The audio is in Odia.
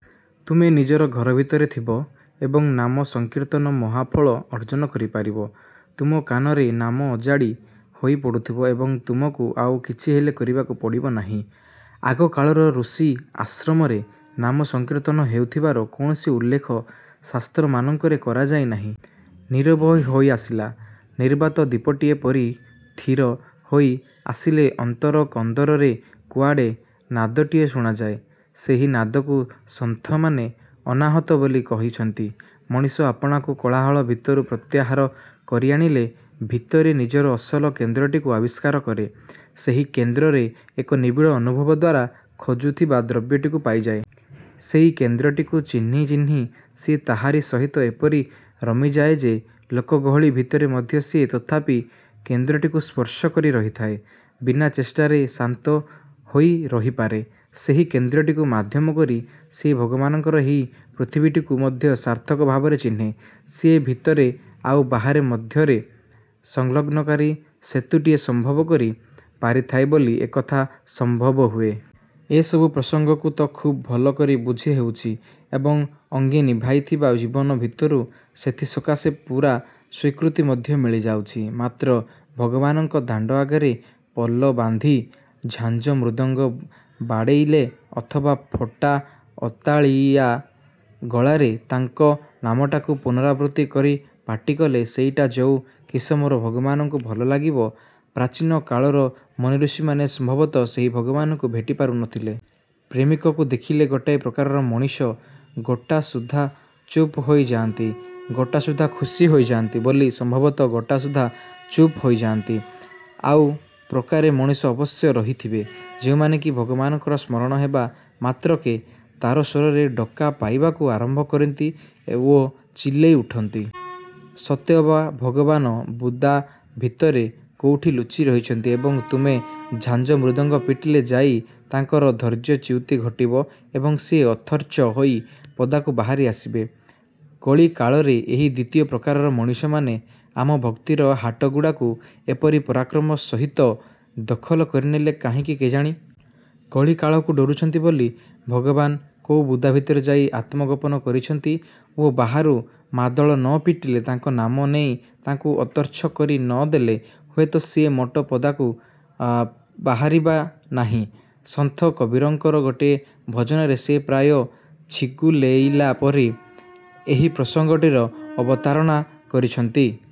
ତୁମେ ନିଜର ଘର ଭିତରେ ଥିବ ଏବଂ ନାମସଂକୀର୍ତ୍ତନ ମହାଫଳ ଅର୍ଜନ କରିପାରିବ। ତୁମ କାନରେ ନାମ ଅଜାଡ଼ି ହୋଇ ପଡୁଥିବ ଏବଂ ତୁମକୁ ଆଉ କିଛିହେଲେ କରିବାକୁ ପଡ଼ିବ ନାହିଁ। ଆଗକାଳର ଋଷି ଆଶ୍ରମରେ ନାମ ସଂକୀର୍ତ୍ତନ ହେଉଥିବାର କୌଣସି ଉଲ୍ଲେଖ ଶାସ୍ତ୍ରମାନଙ୍କରେ କରାଯାଇ ନାହିଁ। ନୀରବ ହୋଇ ଆସିଲା, ନିର୍ବାତ ଦୀପଟିଏ ପରି ଥିର ହୋଇ ଆସିଲେ ଅନ୍ତର କନ୍ଦରରେ କୁଆଡ଼େ ନାଦଟିଏ ଶୁଣାଯାଏ। ସେହି ନାଦକୁ ସନ୍ଥମାନେ ଅନାହତ ବୋଲି କହିଛନ୍ତି। ମଣିଷ ଆପଣାକୁ କୋଳାହଳ ଭିତରୁ ପ୍ରତ୍ୟାହାର କରି ଆଣିଲେ ଭିତରେ ନିଜର ଅସଲ କେନ୍ଦ୍ରଟିକୁ ଆବିଷ୍କାର କରେ, ସେହି କେନ୍ଦ୍ରରେ ଏକ ନିବିଡ଼ ଅନୁଭବ ଦ୍ଵାରା ଖୋଜୁଥିବା ଦ୍ରବ୍ୟଟିକୁ ପାଇଯାଏ। ସେଇ କେନ୍ଦ୍ରଟିକୁ ଚିହ୍ନି ଚିହ୍ନି ସିଏ ତାହାରି ସହିତ ଏପରି ରମିଯାଏ ଯେ ଲୋକଗହଳି ଭିତରେ ମଧ୍ୟ ସିଏ ତଥାପି କେନ୍ଦ୍ରଟିକୁ ସ୍ପର୍ଶ କରି ରହିଥାଏ। ବିନା ଚେଷ୍ଟାରେ ଶାନ୍ତ ହୋଇ ରହିପାରେ। ସେହି କେନ୍ଦ୍ରଟିକୁ ମାଧ୍ୟମ କରି ସିଏ ଭଗବାନଙ୍କର ଏହି ପୃଥିବୀଟିକୁ ମଧ୍ୟ ସାର୍ଥକ ଭାବରେ ଚିହ୍ନେ, ସିଏ ଭିତରେ ଆଉ ବାହାରେ ମଧ୍ୟରେ ସଂଲଗ୍ନକାରୀ ସେତୁଟିଏ ସମ୍ଭବ କରି ପାରିଥାଏ ବୋଲି ଏକଥା ସମ୍ଭବ ହୁଏ। ଏସବୁ ପ୍ରସଙ୍ଗକୁ ତ ଖୁବ୍ ଭଲ କରି ବୁଝି ହେଉଛି ଏବଂ ଅଙ୍ଗେ ନିଭାଇଥିବା ଜୀବନ ଭିତରୁ ସେଥିସକାଶେ ପୂରା ସ୍ୱୀକୃତି ମଧ୍ୟ ମିଳିଯାଉଛି। ମାତ୍ର ଭଗବାନଙ୍କ ଦାଣ୍ଡ ଆଗରେ ପଲ ବାନ୍ଧି ଝାଞ୍ଜ ମୃଦଙ୍ଗ ବାଡ଼େଇଲେ ଅଥବା ଫଟା ଅତାଳିଆ ଗଳାରେ ତାଙ୍କ ନାମଟାକୁ ପୁନରାବୃତ୍ତି କରି ପାଟି କଲେ ସେଇଟା ଯୋଉ କିସମର ଭଗବାନଙ୍କୁ ଭଲ ଲାଗିବ, ପ୍ରାଚୀନ କାଳର ମୁନିଋଷିମାନେ ସମ୍ଭବତଃ ସେହି ଭଗବାନଙ୍କୁ ଭେଟିପାରୁ ନଥିଲେ। ପ୍ରେମିକକୁ ଦେଖିଲେ ଗୋଟାଏ ପ୍ରକାରର ମଣିଷ ଗୋଟାସୁଦ୍ଧା ଚୁପ ହୋଇ ଯାଆନ୍ତି, ଗୋଟାସୁଦ୍ଧା ଖୁସି ହୋଇଯାଆନ୍ତି ବୋଲି ସମ୍ଭବତଃ ଗୋଟାସୁଦ୍ଧା ଚୁପ୍ ହୋଇ ଯାଆନ୍ତି। ଆଉ ପ୍ରକାରେ ମଣିଷ ଅବଶ୍ୟ ରହିଥିବେ, ଯେଉଁମାନେ କି ଭଗବାନଙ୍କର ସ୍ମରଣ ହେବା ମାତ୍ରକେ ତାରସ୍ୱରରେ ଡ଼କା ପାଇବାକୁ ଆରମ୍ଭ କରନ୍ତି ଓ ଚିଲେଇ ଉଠନ୍ତି। ସତେଅବା ଭଗବାନ ବୁଦା ଭିତରେ କୋଉଠି ଲୁଚି ରହିଛନ୍ତି ଏବଂ ତୁମେ ଝାଞ୍ଜ ମୃଦଙ୍ଗ ପିଟିଲେ ଯାଇ ତାଙ୍କର ଧୈର୍ଯ୍ୟଚ୍ୟୁତି ଘଟିବ ଏବଂ ସିଏ ଅତର୍ଚ୍ଛ ହୋଇ ପଦାକୁ ବାହାରି ଆସିବେ। କଳିକାଳରେ ଏହି ଦ୍ୱିତୀୟ ପ୍ରକାରର ମଣିଷମାନେ ଆମ ଭକ୍ତିର ହାଟଗୁଡ଼ାକୁ ଏପରି ପରାକ୍ରମ ସହିତ ଦଖଲ କରିନେଲେ କାହିଁକି କେଜାଣି? କଳିକାଳକୁ ଡ଼ରୁଛନ୍ତି ବୋଲି ଭଗବାନ କୋଉ ବୁଦା ଭିତରେ ଯାଇ ଆତ୍ମଗୋପନ କରିଛନ୍ତି ଓ ବାହାରୁ ମାଦଳ ନ ପିଟିଲେ ତାଙ୍କ ନାମ ନେଇ ତାଙ୍କୁ ଅତର୍ଚ୍ଛ କରି ନଦେଲେ ହୁଏତ ସିଏ ମୋଟ ପଦାକୁ ବାହାରିବା ନାହିଁ। ସନ୍ଥ କବୀରଙ୍କର ଗୋଟିଏ ଭଜନରେ ସିଏ ପ୍ରାୟ ଛିଗୁଲେଇଲା ପରି ଏହି ପ୍ରସଙ୍ଗଟିର ଅବତାରଣା କରିଛନ୍ତି।